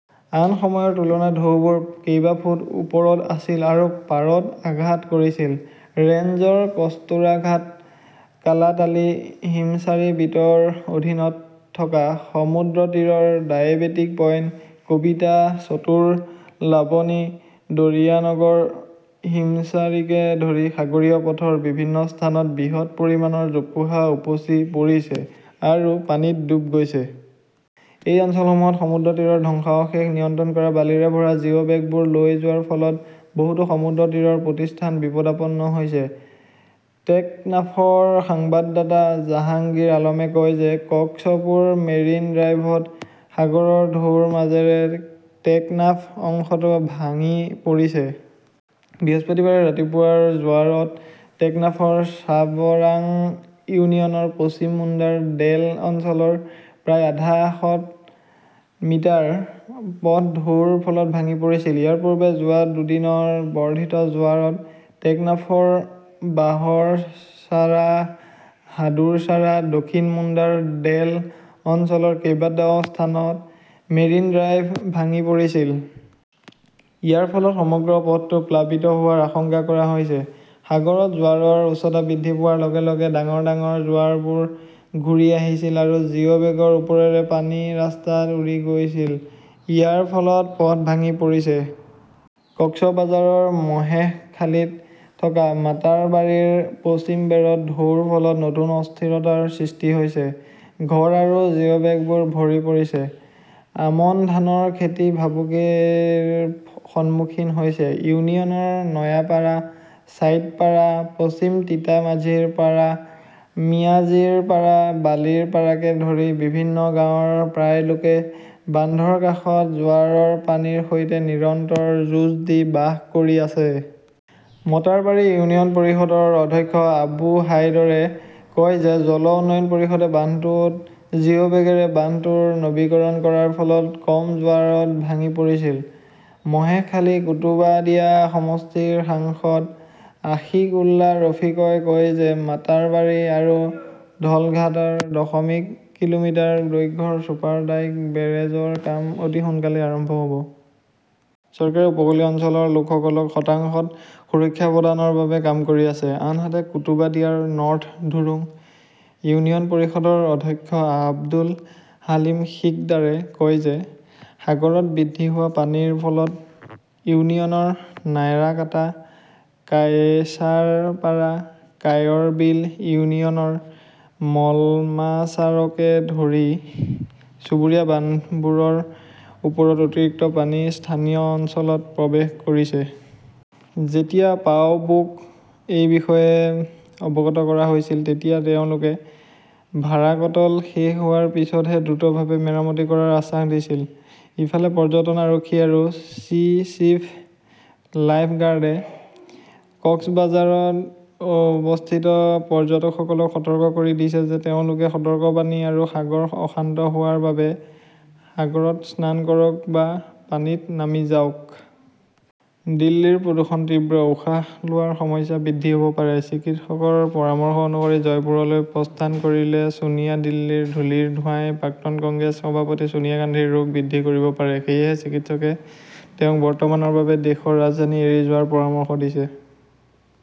আন সময়ৰ তুলনাত ঢৌবোৰ কেইবা ফুট ওপৰত আছিল আৰু পাৰত আঘাত কৰিছিল। ৰেঞ্জৰ কস্তুৰাঘাট, কালাতালী, হিমচাৰী বিটৰ অধীনত থকা সমুদ্ৰতীৰৰ ডায়েবেটিক পইণ্ট, কবিতা চতুৰ, লাবনী, দৰিয়ানগৰ, হিমচাৰীকে ধৰি সাগৰীয় পথৰ বিভিন্ন স্থানত বৃহৎ পৰিমাণৰ জোপোহা উপচি পৰিছে আৰু পানীত ডুব গৈছে। এই অঞ্চলসমূহত সমুদ্ৰতীৰৰ ধ্বংসাৱশেষ নিয়ন্ত্ৰণ কৰা বালিৰে ভৰা জিও বেগবোৰ লৈ যোৱাৰ ফলত বহুতো সমুদ্ৰতীৰৰ প্ৰতিষ্ঠান বিপদাপন্ন হৈছে। টেকনাফৰ সংবাদদাতা জাহাংগীৰ আলমে কয় যে কক্সপুৰ মেৰিন ড্ৰাইভত সাগৰৰ ঢৌৰ মাজেৰে টেকনাফ অংশটো ভাঙি পৰিছে। বৃহস্পতিবাৰে ৰাতিপুৱাৰ জোৱাৰত টেকনাফৰ চাবৰাং ইউনিয়নৰ পশ্চিম মুণ্ডাৰ ডেল অঞ্চলৰ প্ৰায় আধাশত মিটাৰ পথ ঢৌৰ ফলত ভাঙি পৰিছিল। ইয়াৰ পূৰ্বে যোৱা দুদিনৰ বৰ্ধিত জোৱাৰত টেকনাফৰ বাহৰছাৰা, হাদুৰছাৰা, দক্ষিণ মুণ্ডাৰ ডেল অঞ্চলৰ কেইবাটাও স্থানত মেৰিন ড্ৰাইভ ভাঙি পৰিছিল। ইয়াৰ ফলত সমগ্ৰ পথটো প্লাবিত হোৱাৰ আশংকা কৰা হৈছে। সাগৰত জোৱাৰৰ উচ্চতা বৃদ্ধি পোৱাৰ লগে লগে ডাঙৰ ডাঙৰ জোৱাৰবোৰ ঘূৰি আহিছিল আৰু জিও বেগৰ ওপৰেৰে পানী ৰাস্তাত উৰি গৈছিল। ইয়াৰ ফলত পথ ভাঙি পৰিছে। কক্সবাজাৰৰ মহেশখালীত থকা মাটাৰবাৰীৰ পশ্চিম বেৰত ঢৌৰ ফলত নতুন অস্থিৰতাৰ সৃষ্টি হৈছে। ঘৰ আৰু জিওবেগবোৰ ভৰি পৰিছে। আমন ধানৰ খেতি ভাবুকিৰ সন্মুখীন হৈছে। ইউনিয়নৰ নয়াপাৰা, চাইটপাৰা, পশ্চিম তিতা মাঝিৰ পাৰা, মিয়াজিৰ পাৰা, বালিৰ পাৰাকে ধৰি বিভিন্ন গাঁৱৰ প্ৰায় লোকে বান্ধৰ কাষত জোৱাৰৰ পানীৰ সৈতে নিৰন্তৰ যুঁজ দি বাস কৰি আছে। মটাৰবাৰী ইউনিয়ন পৰিষদৰ অধ্যক্ষ আবু হাইদৰে কয় যে জল উন্নয়ন পৰিষদে বান্ধটোত জিও বেগৰে বান্ধটোৰ নৱীকৰণ কৰাৰ ফলত কম জোৱাৰত ভাঙি পৰিছিল। মহেশখালী-কুতুবাদিয়া সমষ্টিৰ সাংসদ আশিক উল্লা ৰফিকই কয় যে মাটাৰবাৰী আৰু ধলঘাটাত দশমিক কিলোমিটাৰ দৈৰ্ঘ্যৰ ছুপাৰ ডাইক বেৰেজৰ কাম অতি সোনকালেই আৰম্ভ হʼব। চৰকাৰে উপকূলীয় অঞ্চলৰ লোকসকলক শতাংশত সুৰক্ষা প্ৰদানৰ বাবে কাম কৰি আছে। আনহাতে, কুতুবাদিয়াৰ নৰ্থ ধুৰুং ইউনিয়ন পৰিষদৰ অধ্যক্ষ আব্দুল হালিম সিকদাৰে কয় যে সাগৰত বৃদ্ধি পোৱা পানীৰ ফলত ইউনিয়নৰ নায়াৰাকাটা, কায়চাৰপাৰা, কায়ৰবিল ইউনিয়নৰ মলমাচাৰকে ধৰি চুবুৰীয়া বান্ধবোৰৰ ওপৰত অতিৰিক্ত পানী স্থানীয় অঞ্চলত প্ৰৱেশ কৰিছে। যেতিয়া পাউবোক এই বিষয়ে অৱগত কৰা হৈছিল, তেতিয়া তেওঁলোকে ভাৰাকটল শেষ হোৱাৰ পিছতহে দ্ৰুতভাৱে মেৰামতি কৰাৰ আশ্বাস দিছিল। ইফালে, পৰ্যটন আৰক্ষী আৰু চি. চিভ. লাইফ গাৰ্ডে কক্সবাঝাৰত অৱস্থিত পৰ্যটকসকলক সতৰ্ক কৰি দিছে যে তেওঁলোকে সতৰ্কবাণী আৰু সাগৰ অশান্ত হোৱাৰ বাবে সাগৰত স্নান কৰক বা পানীত নামি যাওক। দিল্লীৰ প্ৰদূষণ তীব্ৰ, উশাহ লোৱাৰ সমস্যা বৃদ্ধি হ'ব পাৰে, চিকিৎসকৰ পৰামৰ্শ অনুসৰি জয়পুৰলৈ প্ৰস্থান কৰিলে ছোনিয়া দিল্লীৰ ধূলিৰ ধোঁৱাই প্ৰাক্তন কংগ্ৰেছ সভাপতি ছোনিয়া গান্ধীৰ ৰোগ বৃদ্ধি কৰিব পাৰে। সেয়েহে চিকিৎসকে তেওঁক বৰ্তমানৰ বাবে দেশৰ ৰাজধানী এৰি যোৱাৰ পৰামৰ্শ দিছে।